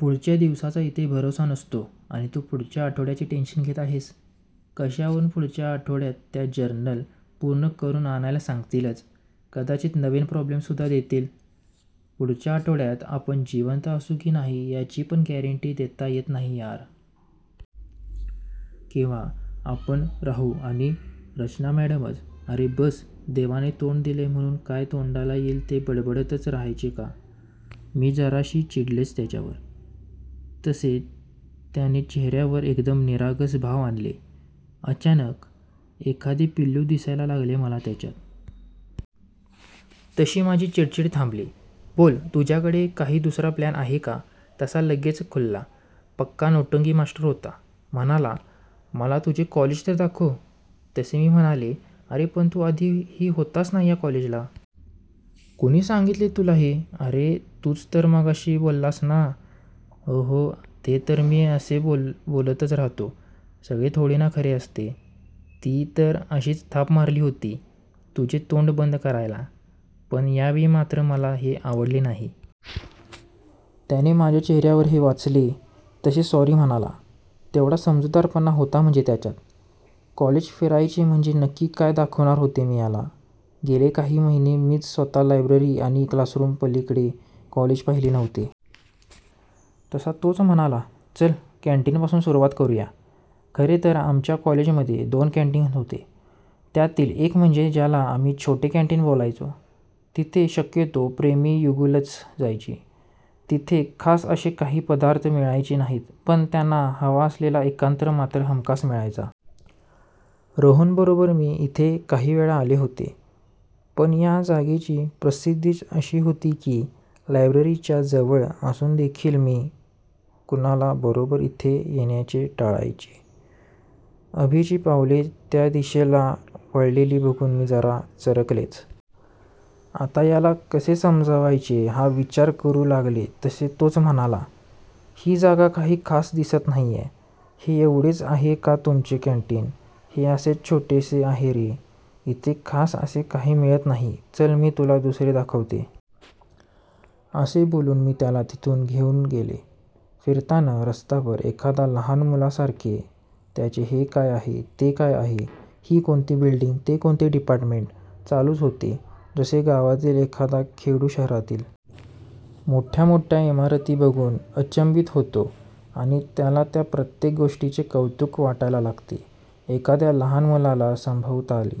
पुढच्या दिवसाचा इथे भरवसा नसतो आणि तू पुढच्या आठवड्याचे टेंशन घेत आहेस.. कशावरून पुढच्या आठवड्यात त्या जर्नल पूर्ण करून आणायला सांगतीलच.. कदाचित नवीन प्रॉब्लेमसुद्धा देतील.. पुढच्या आठवड्यात आपण जिवंत असू की नाही याची पण गॅरंटी देता येत नाही यार.. किंवा आपण राहू आणि रचना मॅडमच""अरे बस!! देवाने तोंड दिलेय म्हणून काय तोंडाला येईल ते बडबडतच राहायचे का? " मी जराशी चिडलेच त्याच्यावर. तसे त्याने चेहर्यावर एकदम निरागस भाव आणले. अचानक एखादे पिल्लू दिसायला लागले मला त्याच्यात. तशी माझी चिडचिड थांबली. "बोल, तुझ्याकडे काही दुसरा प्लॅन आहे का? तसा लगेच खुलला. पक्का नौटंकीमास्टर होता. म्हणाला, "मला तुझे कॉलेज तर दाखव. "तसे मी म्हणाले, "अरे पण तू आधी ही होतास ना या कॉलेजला.. ""कोणी सांगितले तुला हे? ""अरे तूच तर मगाशी बोललास ना? ""ओह्ह, ते तर मी असे बोलतच राहतो. सगळे थोडी ना खरे असते. ती तर अशीच थाप मारली होती, तुझे तोंड बंद करायला. पण यावेळी मात्र मला हे आवडले नाही. त्याने माझ्या चेहर्यावर हे वाचले तसे सॉरी म्हणाला.. तेवढा समजूतदारपणा होता म्हणजे त्याच्यात.. कॉलेज फिरवायचे म्हणजे नक्की काय दाखवणार होते मी याला. गेले काही महिने मीच स्वता लायब्ररी आणि क्लासरूमच्या पलीकडे कॉलेज पाहिले नव्हते. तसा तोच म्हणाला चल कॅंटीनपासूनच सुरूवात करूया. खरे तर आमच्या कॉलेजमध्ये दोन कॅंटीन होते. त्यातील एक म्हणजे ज्याला आम्ही छोटे कॅंटीन बोलायचो, तिथे शक्यतो प्रेमी युगुलच जायची. तिथे खास असे काही पदार्थ मिळायचे नाहीत पण त्यांना हवा असलेला एकांत मात्र हमखास मिळायचा. रोहन बरोबर मी इथे काही वेळा आले होते. पण या जागेची प्रसिद्धीच अशी होती की लायब्ररीच्या जवळ असून देखील मी कुणाल बरोबर इथे येण्याचे टाळायचे. अभीची पावले त्या दिशेला वळलेली बघून मी जरा चरकलेच. आता याला कसे समजवायचे हा विचार करू लागले तसे तोच म्हणाला, "ही जागा काही खास दिसत नाहिये, हे एवढेच आहे का तुमचे कॅंटीन? ""हे असेच छोटेसे आहे रे, इथे खास असे काही मिळत नाही, चल मी तुला दुसरे दाखवते. " असे बोलून मी त्याला तिथून घेऊन गेले. फिरताना रस्ताभर एखाद्या लहान मुलासारखे त्याचे हे काय आहे, ते काय आहे, ही कोणती बिल्डींग, ते कोणते डिपार्टमेंट चालूच होते. जसे गावातील एखादा खेडूत शहरातील मोठ्या मोठ्या इमारती बघून अचंबित होतो आणि त्याला त्या प्रत्येक गोष्टीचे कौतुक वाटायला लागते, एखाद्या लहान मुलाला सभोवताली